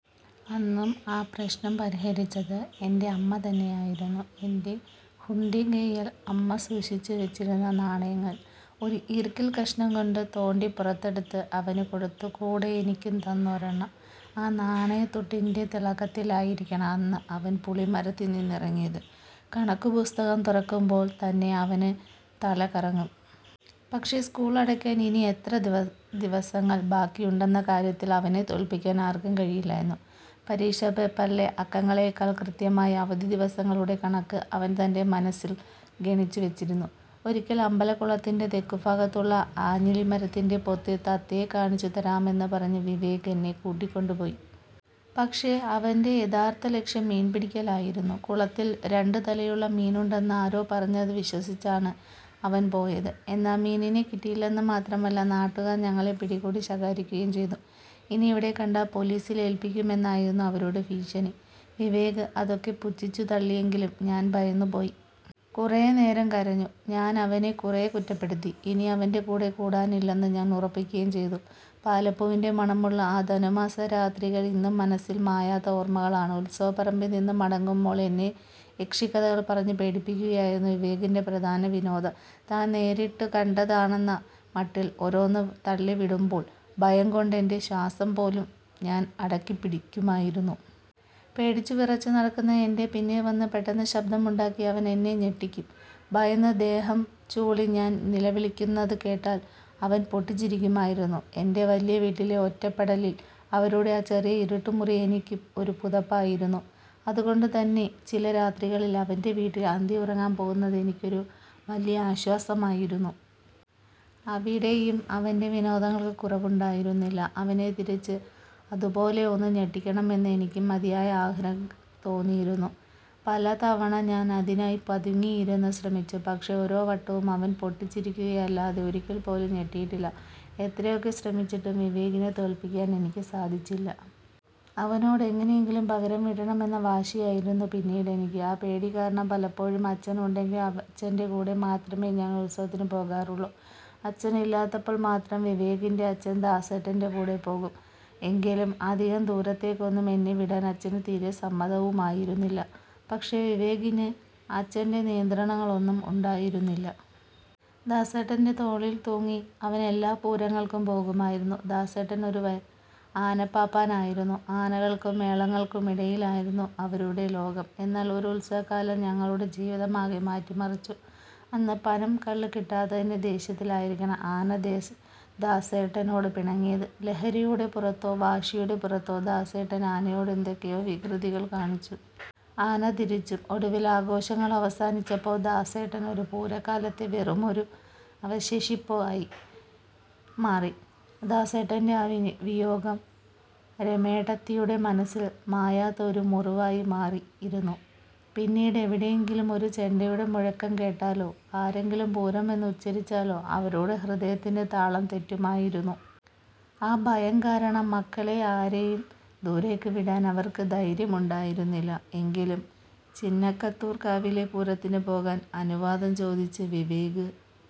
അന്നും ആ പ്രശ്നം പരിഹരിച്ചത് എന്റെ അമ്മ തന്നെയായിരുന്നു. തന്റെ ഹുണ്ടികയിൽ അമ്മ സൂക്ഷിച്ചുവെച്ചിരുന്ന നാണയങ്ങൾ ഒരു ഈർക്കിൽ കഷ്ണം കൊണ്ട് തോണ്ടി പുറത്തെടുത്ത് അവന് കൊടുത്തു. കൂടെ എനിക്കും തന്നു ഒരെണ്ണം. ആ നാണയത്തുട്ടിന്റെ തിളക്കത്തിലായിരിക്കണം അന്ന് അവൻ പുളിമരത്തിൽ നിന്നിറങ്ങിയത്. കണക്കുപുസ്തകം തുറക്കുമ്പോൾ തന്നെ അവന് തല കറങ്ങും. പക്ഷേ, സ്കൂൾ അടയ്ക്കാൻ ഇനിയെത്ര ദിവസങ്ങൾ ബാക്കിയുണ്ടെന്ന കാര്യത്തിൽ അവനെ തോൽപ്പിക്കാൻ ആർക്കും കഴിയില്ലായിരുന്നു. പരീക്ഷാ പേപ്പറിലെ അക്കങ്ങളേക്കാൾ കൃത്യമായി അവധി ദിവസങ്ങളുടെ കണക്ക് അവൻ തന്റെ മനസ്സിൽ ഗണിച്ചു വെച്ചിരുന്നു. ഒരിക്കൽ, അമ്പലക്കുളത്തിന്റെ തെക്കുഭാഗത്തുള്ള ആഞ്ഞിലിമരത്തിന്റെ പൊത്തിൽ തത്തയെ കാണിച്ചുതരാമെന്ന് പറഞ്ഞ് വിവേക് എന്നെ കൂട്ടിക്കൊണ്ടുപോയി. പക്ഷേ അവന്റെ യഥാർത്ഥ ലക്ഷ്യം മീൻ പിടിക്കലായിരുന്നു. കുളത്തിൽ രണ്ടു തലയുള്ള മീനുണ്ടെന്ന് ആരോ പറഞ്ഞത് വിശ്വസിച്ചാണ് അവൻ പോയത്. എന്നാൽ മീനിനെ കിട്ടിയില്ലെന്ന് മാത്രമല്ല, നാട്ടുകാർ ഞങ്ങളെ പിടികൂടി ശകാരിക്കുകയും ചെയ്തു. ഇനി ഇവിടെ കണ്ടാൽ പോലീസിൽ ഏൽപ്പിക്കുമെന്നായിരുന്നു അവരുടെ ഭീഷണി. വിവേക് അതൊക്കെ പുച്ഛിച്ചു തള്ളിയെങ്കിലും ഞാൻ ഭയന്നുപോയി. കുറേനേരം കരഞ്ഞു. ഞാൻ അവനെ കുറെ കുറ്റപ്പെടുത്തി. ഇനി അവന്റെ കൂടെ കൂടാനില്ലെന്ന് ഞാൻ ഉറപ്പിക്കുകയും ചെയ്തു. പാലപ്പൂവിന്റെ മണമുള്ള ആ ധനുമാസ രാത്രികൾ ഇന്നും മനസ്സിൽ മായാത്ത ഓർമ്മകളാണ്. ഉത്സവപ്പറമ്പിൽ നിന്ന് മടങ്ങുമ്പോൾ എന്നെ യക്ഷിക്കഥകൾ പറഞ്ഞു പേടിപ്പിക്കുകയായിരുന്നു വിവേകിന്റെ പ്രധാന വിനോദം. താൻ നേരിട്ടു കണ്ടതാണെന്ന മട്ടിൽ ഓരോന്ന് തള്ളിവിടുമ്പോൾ, ഭയം കൊണ്ട് എന്റെ ശ്വാസം പോലും ഞാൻ അടക്കിപ്പിടിക്കുമായിരുന്നു. പേടിച്ച് വിറച്ചു നടക്കുന്ന എന്റെ പിന്നിൽ വന്ന് പെട്ടെന്ന് ശബ്ദമുണ്ടാക്കി അവൻ എന്നെ ഞെട്ടിക്കും. ഭയന്ന് ദേഹം ചൂളി ഞാൻ നിലവിളിക്കുന്നത് കേട്ടാൽ അവൻ പൊട്ടിച്ചിരിക്കുമായിരുന്നു. എന്റെ വലിയ വീട്ടിലെ ഒറ്റപ്പെടലിൽ, അവരുടെ ആ ചെറിയ ഇരുട്ടുമുറി എനിക്കൊരു പുതപ്പായിരുന്നു. അതുകൊണ്ടുതന്നെ ചില രാത്രികളിൽ അവന്റെ വീട്ടിൽ അന്തിയുറങ്ങാൻ പോകുന്നത് എനിക്കൊരു വലിയ ആശ്വാസമായിരുന്നു. അവിടെയും അവന്റെ വിനോദങ്ങൾക്ക് കുറവുണ്ടായിരുന്നില്ല. അവനെ തിരിച്ച് അതുപോലെ ഒന്ന് ഞെട്ടിക്കണമെന്ന് എനിക്കും അതിയായ ആഗ്രഹം തോന്നിയിരുന്നു. പല തവണ ഞാൻ അതിനായി പതുങ്ങിയിരുന്ന് ശ്രമിച്ചു. പക്ഷേ, ഓരോ വട്ടവും അവൻ പൊട്ടിച്ചിരിക്കുകയല്ലാതെ ഒരിക്കൽ പോലും ഞെട്ടിയില്ല. എത്രയൊക്കെ ശ്രമിച്ചിട്ടും വിവേകിനെ തോൽപ്പിക്കാൻ എനിക്ക് സാധിച്ചില്ല. അവനോട് എങ്ങനെയെങ്കിലും പകരം വീട്ടണമെന്ന വാശിയായിരുന്നു പിന്നീടെനിക്ക്. ആ പേടി കാരണം പലപ്പോഴും അച്ഛൻ ഉണ്ടെങ്കിൽ അച്ഛന്റെ കൂടെ മാത്രമേ ഞാൻ ഉത്സവത്തിന് പോകാറുള്ളൂ. അച്ഛനില്ലാത്തപ്പോൾ മാത്രം വിവേകിന്റെ അച്ഛൻ ദാസേട്ടന്റെ കൂടെപ്പോകും. എങ്കിലും അധികം ദൂരത്തേക്കൊന്നും എന്നെ വിടാൻ അച്ഛന് തീരെ സമ്മതവുമായിരുന്നില്ല. പക്ഷേ വിവേകിന് അച്ഛന്റെ നിയന്ത്രണങ്ങളൊന്നും ഉണ്ടായിരുന്നില്ല. ദാസേട്ടന്റെ തോളിൽ തൂങ്ങി അവൻ എല്ലാ പൂരങ്ങൾക്കും പോകുമായിരുന്നു. ദാസേട്ടൻ ഒരു ആനപ്പാപ്പാനായിരുന്നു. ആനകൾക്കും മേളങ്ങൾക്കുമിടയിലായിരുന്നു അവരുടെ ലോകം. എന്നാൽ ഒരു ഉത്സവക്കാലം ഞങ്ങളുടെ ജീവിതത്തെയാകെ മാറ്റിമറിച്ചു. അന്ന് പനം കള്ള് കിട്ടാത്തതിന്റെ ദേഷ്യത്തിലായിരിക്കണം ആന ദാസേട്ടനോട് പിണങ്ങിയത്. ലഹരിയുടെ പുറത്തോ വാശിയുടെ പുറത്തോ ദാസേട്ടൻ ആനയോട് എന്തൊക്കെയോ വികൃതികൾ കാണിച്ചു. ആന തിരിച്ചും. ഒടുവിൽ, ആഘോഷങ്ങൾ അവസാനിച്ചപ്പോൾ ദാസേട്ടൻ ഒരു പൂരക്കാലത്തെ വെറുമൊരു അവശേഷിപ്പായി മാറി. ദാസേട്ടന്റെ ആ വിയോഗം രമേടത്തിയുടെ മനസ്സിൽ മായാത്ത ഒരു മുറിവായി മാറിയിരുന്നു. പിന്നീട് എവിടെയെങ്കിലും ഒരു ചെണ്ടയുടെ മുഴക്കം കേട്ടാലോ, ആരെങ്കിലും 'പൂരം' എന്ന് ഉച്ചരിച്ചാലോ അവരുടെ ഹൃദയത്തിന്റെ താളം തെറ്റുമായിരുന്നു. ആ ഭയം കാരണം മക്കളെ ആരെയും ദൂരേക്ക് വിടാൻ അവർക്ക് ധൈര്യമുണ്ടായിരുന്നില്ല. എങ്കിലും ചിനക്കത്തൂർ കാവിലെ പൂരത്തിന് പോകാൻ അനുവാദം ചോദിച്ച് വിവേക്